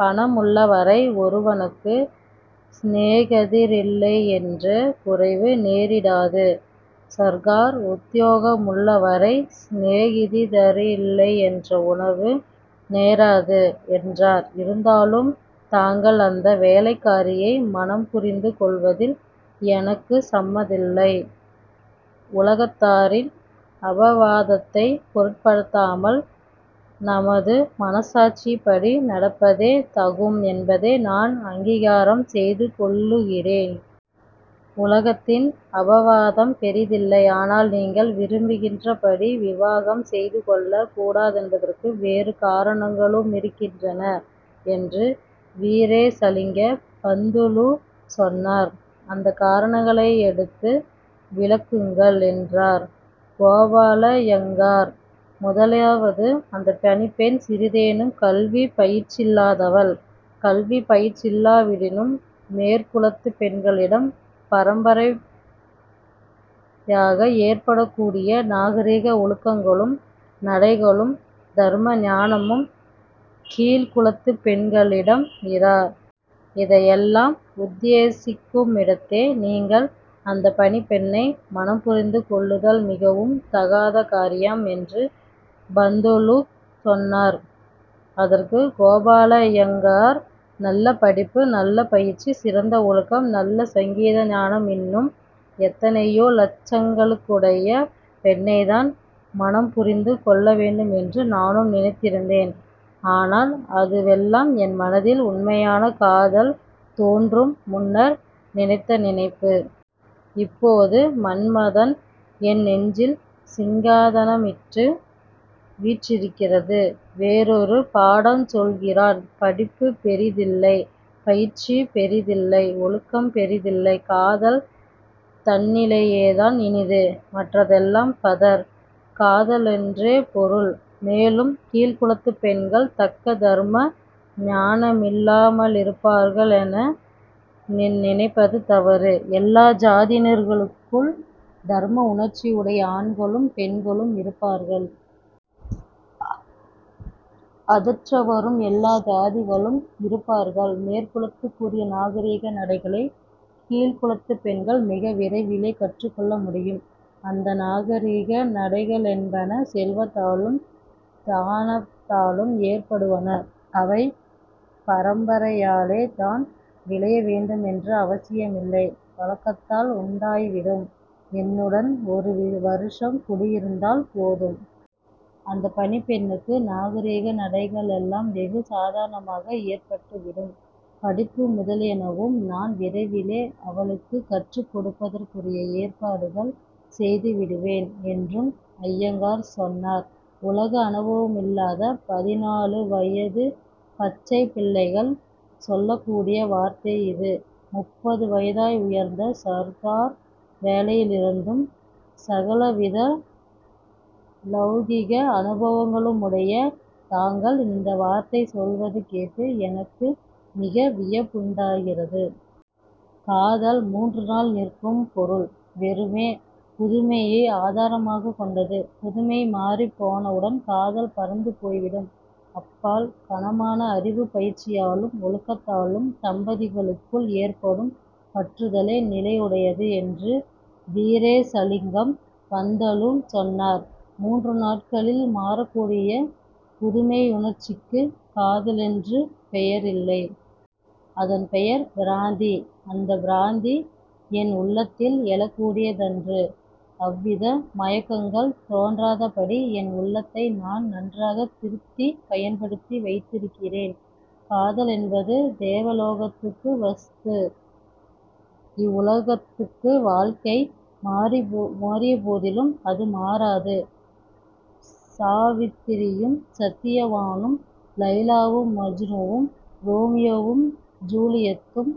பணம் உள்ளவரை ஒருவனுக்கு சிநேகிதரில்லையென்ற குறைவு நேரிடாது. சர்க்கார் உத்தியோக முள்ளவரை சிநேகிதரில்லையென்ற உறவு நேராது'' என்றார். ''இருந்தாலும் தாங்கள் அந்த வேலைக்காரியை மணம்புரிந்து கொள்வதில் எனக்கு சம்மதில்லை. உலகத்தாரின் அபவாதத்தைப் பொருட்படுத்தாமல் நமது மனச்சாட்சியின்படி நடப்பதே தகும் என்பதே நான் அங்கீகாரம் செய்து கொள்ளுகிறேன். உலகத்தின் அபவாதம் பெரிதில்லை. ஆனால், நீங்கள் விரும்புகிறபடி விவாகம் செய்துகொள்ளக் கூடாதென்பதற்கு வேறு காரணங்களுமிருக்கின்றன'' என்று வீரேசலிங்க பந்துலு சொன்னார். ''அந்தக் காரணங்களையெடுத்து விளக்குங்கள்'' என்றார் கோபாலய்யங்கார். ''முதலாவது, அந்தப் பணிப்பெண் சிறிதேனும் கல்விப்பயிற்சியில்லாதவள். கல்விப் பயிற்சியில்லாவிடினும் மேற்குலத்துப் பெண்களிடம் பரம்பரையாக ஏற்படக்கூடிய நாகரிக ஒழுக்கங்களும் நடைகளும் தர்ம ஞானமும் கீழ்க்குலத்துப் பெண்களிடம் இரா. இதையெல்லாம் உத்தேசிக்குமிடத்தே, நீங்கள் அந்தப் பணிப்பெண்ணை மணம் புரிந்து கொள்ளுதல் மிகவும் தகாத காரியம்'' என்று பந்துலு சொன்னார். அதற்கு கோபாலய்யங்கார்-''நல்ல படிப்பு, நல்ல பயிற்சி, சிறந்த ஒழுக்கம், நல்ல சங்கீத ஞானம் இன்னும் எத்தனையோ லட்சணங்களுடைய பெண்ணைத்தான் மணம்புரிந்து கொள்ளவேண்டுமென்று நானும் நினைத்திருந்தேன். ஆனால் அதுவெல்லாம் என் மனதில் உண்மையான காதல் தோன்று முன்னர் நினைத்த நினைப்பு. இப்போது மன்மதன் என் நெஞ்சில் சிங்காதனமிட்டு வீற்றிருகிறது வேறொரு பாடஞ் சொல்லுகிறான். படிப்புப் பெரிதில்லை. பயிற்சி பெரிதில்லை. ஒழுக்கம் பெரிதில்லை. காதல் தன்னிலேயேதான் இனிது. மற்றதெல்லாம் பதர். காதலொன்றே பொருள். மேலும், கீழ்க்குலத்துப் பெண்கள் தக்க தர்ம ஞானமில்லாமலிருப்பார்களென நினைப்பது தவறு. எல்லா ஜாதியாருக்குள்ளும் தர்மவுணர்ச்சியுடைய ஆண்களும் பெண்களும் இருப்பார்கள். அ·தற்றவரும் எல்லா ஜாதிகளிலும் இருப்பார்கள். மேற்குலத்துக்குரிய நாகரிக நடைகளைக் கீழ்க்குலத்துப் பெண்கள் மிக விரைவிலே கற்றுக் கொள்ள முடியும். அந்த நாகரிக நடைகளென்பன செல்வத்தாலும் ஸ்தானத்தாலும் ஏற்படுவன. அவை பரம்பரையாலே தான் விளைய வேண்டுமென்ற அவசியமில்லை. பழக்கத்தால் உண்டாய்விடும். என்னுடன் ஒரு வருஷம் குடியிருந்தால் போதும். அந்தப் பணிப்பெண்ணுக்கு நாகரிக நடைகளெல்லாம் வெகு சாதாரணமாக ஏற்பட்டுவிடும். படிப்பு முதலியனவும் நான் விரைவிலே அவளுக்குக் கற்றுக் கொடுப்பதற்குரிய ஏற்பாடுகள் செய்துவிடுவேன்'' என்று அய்யங்கார் சொன்னார். ''உலக அனுபவமில்லாத பதினாலு வயதுப் பச்சைப் பிள்ளைகள் சொல்லக்கூடிய வார்த்தை இது. முப்பது வயதாய், உயர்ந்த சர்க்கார் வேலையிலிருந்து சகலவித லௌகிக அனுபவங்களுமுடைய தாங்கள் இந்த வார்த்தை சொல்வது கேட்டு எனக்கு மிக வியப்புண்டாகிறது. காதல் மூன்று நாள் நிற்கும் பொருள். வெறுமே புதுமையை ஆதாரமாகக் கொண்டது. புதுமை மாறிப் போனவுடன் காதல் பறந்து போய்விடும். அப்பால் கனமான அறிவுப் பயிற்சியாலும் ஒழுக்கத்தாலும் தம்பதிகளுக்குள் ஏற்படும் பற்றுதலே நிலையுடையது'' என்று வீரேசலிங்கம் பந்துலு சொன்னார். ''மூன்று நாட்களில் மாறக்கூடிய புதுமையுணர்ச்சிக்கு காதலென்று பெயரில்லை. அதன் பெயர் பிராந்தி. அந்த பிராந்தி என் உள்ளத்தில் எழக்கூடியதன்று. அவ்வித மயக்கங்கள் தோன்றாதபடி என் உள்ளத்தை நான் நன்றாகத் திருத்திப் பயன்படுத்தி வைத்திருக்கிறேன். காதலென்பது தேவலோகத்து வஸ்து. இவ்வுலகத்துக்கு வாழ்க்கை மாறியபோதிலும் அது மாறாது. சாவித்திரியும் சத்யவானும்; லைலாவும் மஜ்னூவும்; ரோமியோவும் ஜூலியெத்தும்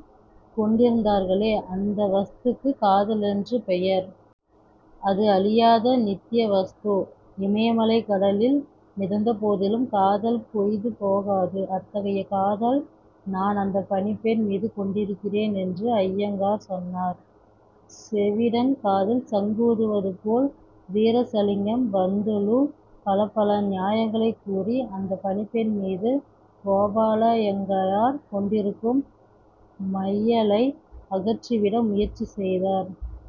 கொண்டிருந்தார்களே, அந்த வஸ்துக்குக் காதலென்று பெயர். அது அழியாத நித்ய வஸ்து. இமயமலை கடலில் மிதந்தபோதிலும், காதல் பொய்த்துப் போகாது. அத்தகைய காதல் நான் அந்தப் பணிப்பெண் மீது கொண்டிருக்கிறேன்'' என்று அய்யங்கார் சொன்னார். செவிடன் காதில் சங்கூதுவது போல் வீரேசலிங்கம் பந்துலு பலபல நியாயங்கள் கூறி அந்தப் பணிப்பெண் மீது கோபாலய்யங்கார் கொண்டிருக்கும் மையலை அகற்றிவிட முயற்சி செய்தார்.